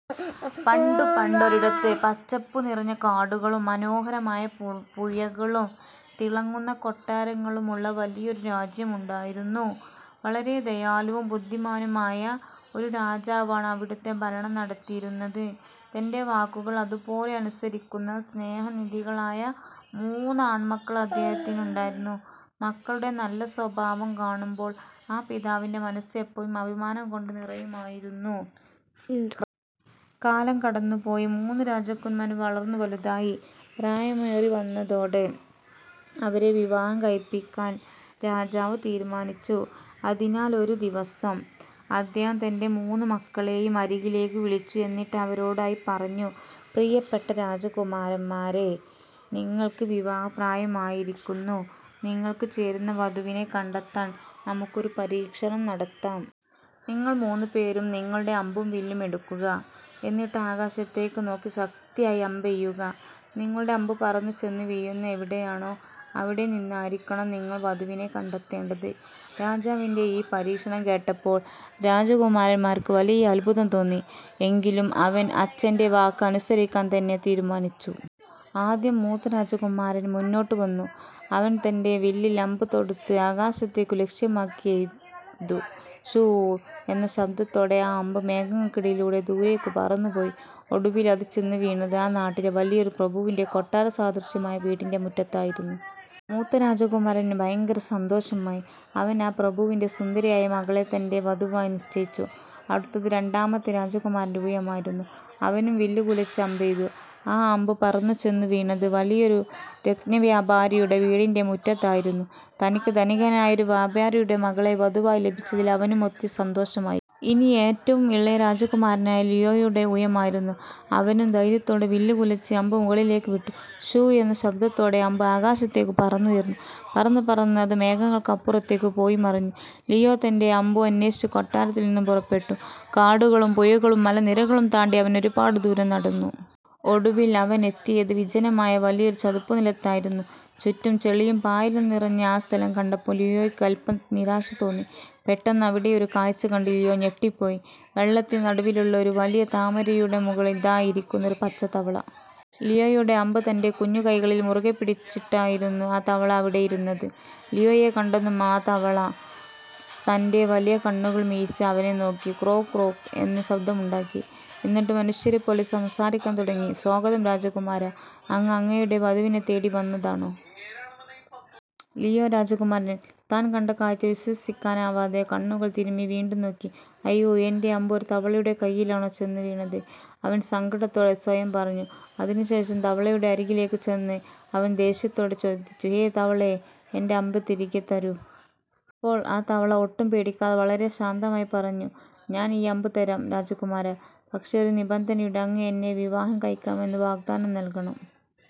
പണ്ടു പണ്ടൊരിടത്ത്, പച്ചപ്പുനിറഞ്ഞ കാടുകളും മനോഹരമായ പു പുഴകളും തിളങ്ങുന്ന കൊട്ടാരങ്ങളുമുള്ള വലിയൊരു രാജ്യമുണ്ടായിരുന്നു. വളരെ ദയാലുവും ബുദ്ധിമാനുമായ ഒരു രാജാവാണ് അവിടുത്തെ ഭരണം നടത്തിയിരുന്നത്. തന്റെ വാക്കുകൾ അതുപോലെ അനുസരിക്കുന്ന, സ്നേഹനിധികളായ മൂന്ന് ആൺമക്കൾ അദ്ദേഹത്തിനുണ്ടായിരുന്നു. മക്കളുടെ നല്ല സ്വഭാവം കാണുമ്പോൾ ആ പിതാവിന്റെ മനസ്സ് എപ്പോഴും അഭിമാനം കൊണ്ട് നിറയുമായിരുന്നു. കാലം കടന്നുപോയി, മൂന്ന് രാജകുമാരന്മാരും വളർന്നു വലുതായി. പ്രായമേറിവന്നതോടെ അവരെ വിവാഹം കഴിപ്പിക്കാൻ രാജാവ് തീരുമാനിച്ചു. അതിനായി ഒരു ദിവസം അദ്ദേഹം തന്റെ മൂന്ന് മക്കളെയും അരികിലേക്ക് വിളിച്ചു. എന്നിട്ട് അവരോടായി പറഞ്ഞു: "പ്രിയപ്പെട്ട രാജകുമാരന്മാരേ, നിങ്ങൾക്ക് വിവാഹപ്രായമായിരിക്കുന്നു. നിങ്ങൾക്ക് ചേരുന്ന വധുവിനെ കണ്ടെത്താൻ നമുക്കൊരു പരീക്ഷണം നടത്താം. നിങ്ങൾ മൂന്നുപേരും നിങ്ങളുടെ അമ്പും വില്ലും എടുക്കുക. എന്നിട്ട് ആകാശത്തേക്ക് നോക്കി ശക്തിയായി അമ്പെയ്യുക. നിങ്ങളുടെ അമ്പ് പറന്നു ചെന്ന് വീഴുന്നത് എവിടെയാണോ, അവിടെ നിന്നായിരിക്കണം നിങ്ങൾ വധുവിനെ കണ്ടെത്തേണ്ടത്! " രാജാവിന്റെ ഈ പരീക്ഷണം കേട്ടപ്പോൾ രാജകുമാരന്മാർക്ക് വലിയ അത്ഭുതം തോന്നി. എങ്കിലും അവർ അച്ഛന്റെ വാക്ക് അനുസരിക്കാൻ തന്നെ തീരുമാനിച്ചു. ആദ്യം മൂത്ത രാജകുമാരൻ മുന്നോട്ട് വന്നു. അവൻ തന്റെ വില്ലിൽ അമ്പ് തൊടുത്ത് ആകാശത്തേക്ക് ലക്ഷ്യമാക്കി എയ്തു! 'ശൂ… ' എന്ന ശബ്ദത്തോടെ ആ അമ്പ് മേഘങ്ങൾക്കിടയിലൂടെ ദൂരേക്ക് പറന്നുപോയി. ഒടുവിൽ അത് ചെന്ന് വീണത് ആ നാട്ടിലെ വലിയൊരു പ്രഭുവിന്റെ കൊട്ടാരസദൃശ്യമായ വീടിന്റെ മുറ്റത്തായിരുന്നു. മൂത്ത രാജകുമാരന് ഭയങ്കര സന്തോഷമായി. അവൻ ആ പ്രഭുവിന്റെ സുന്ദരിയായ മകളെ തന്റെ വധുവായി നിശ്ചയിച്ചു. അടുത്തത് രണ്ടാമത്തെ രാജകുമാരന്റെ ഊഴമായിരുന്നു. അവനും വില്ലുകുലച്ച് അമ്പെയ്തു. ആ അമ്പ് പറന്നുചെന്ന് വീണത് വലിയൊരു രത്നവ്യാപാരിയുടെ വീടിന്റെ മുറ്റത്തായിരുന്നു. തനിക്ക് ധനികനായ ഒരു വ്യാപാരിയുടെ മകളെ വധുവായി ലഭിച്ചതിൽ അവനും ഒത്തിരി സന്തോഷമായി. ഇനി ഏറ്റവും ഇളയ രാജകുമാരനായ ലിയോയുടെ ഊഴമായിരുന്നു. അവനും ധൈര്യത്തോടെ വില്ല് കുലച്ച് അമ്പ് മുകളിലേക്ക് വിട്ടു! 'ശൂ… ' എന്ന ശബ്ദത്തോടെ അമ്പ് ആകാശത്തേക്ക് പറന്നുയർന്നു. പറന്നു പറന്ന്… അത് മേഘങ്ങൾക്കപ്പുറത്തേക്ക് പോയിമറഞ്ഞു. ലിയോ തന്റെ അമ്പും അന്വേഷിച്ച് കൊട്ടാരത്തിൽ നിന്നും പുറപ്പെട്ടു. കാടുകളും പുഴകളും മലനിരകളും താണ്ടി അവൻ ഒരുപാട് ദൂരം നടന്നു. ഒടുവിൽ, അവൻ എത്തിയത് വിജനമായ വലിയൊരു ചതുപ്പുനിലത്തായിരുന്നു. ചുറ്റും ചെളിയും പായലും നിറഞ്ഞ ആ സ്ഥലം കണ്ടപ്പോൾ ലിയോയ്ക്ക് അല്പം നിരാശ തോന്നി. പെട്ടെന്ന്, അവിടെയൊരു കാഴ്ച കണ്ട് ലിയോ ഞെട്ടിപ്പോയി! വെള്ളത്തിന് നടുവിലുള്ള ഒരു വലിയ താമരയിലയുടെ മുകളിൽ ദാ ഇരിക്കുന്നു ഒരു പച്ചത്തവള! ലിയോയുടെ അമ്പ് തന്റെ കുഞ്ഞു കൈകളിൽ മുറുകെപ്പിടിച്ചായിരുന്നു ആ തവള അവിടെ ഇരുന്നത്! ലിയോയെ കണ്ടതും ആ തവള തന്റെ വലിയ കണ്ണുകൾ മിഴിച്ച്, അവനെ നോക്കി 'ക്രോക്ക്… ക്രോക്ക്… ' എന്ന് ശബ്ദമുണ്ടാക്കി. എന്നിട്ട് മനുഷ്യരെപ്പോലെ സംസാരിക്കാൻ തുടങ്ങി: "സ്വാഗതം രാജകുമാരാ! അങ്ങ് അങ്ങയുടെ വധുവിനെ തേടി വന്നതാണോ? " ലിയോ രാജകുമാരൻ താൻ കണ്ട കാഴ്ച വിശ്വസിക്കാനാവാതെ കണ്ണുകൾ തിരുമ്മി വീണ്ടും നോക്കി! "അയ്യോ! എന്റെ അമ്പ് ഒരു തവളയുടെ കൈയിലാണോ ചെന്ന് വീണത്? " അവൻ സങ്കടത്തോടെ സ്വയം പറഞ്ഞു. അതിനുശേഷം തവളയുടെ അരികിലേക്ക് ചെന്ന് അവൻ ദേഷ്യത്തോടെ ചോദിച്ചു: "ഹേയ് തവളേ, എന്റെ അമ്പ് തിരികെ തരൂ. " അപ്പോൾ ആ തവള ഒട്ടും പേടിക്കാതെ, വളരെ ശാന്തമായി പറഞ്ഞു: "ഞാൻ ഈ അമ്പ് തരാം രാജകുമാരാ, പക്ഷേ, ഒരു നിബന്ധനയുണ്ട്. അങ്ങ് എന്നെ വിവാഹം കഴിക്കാമെന്ന് വാഗ്ദാനം നൽകണം! "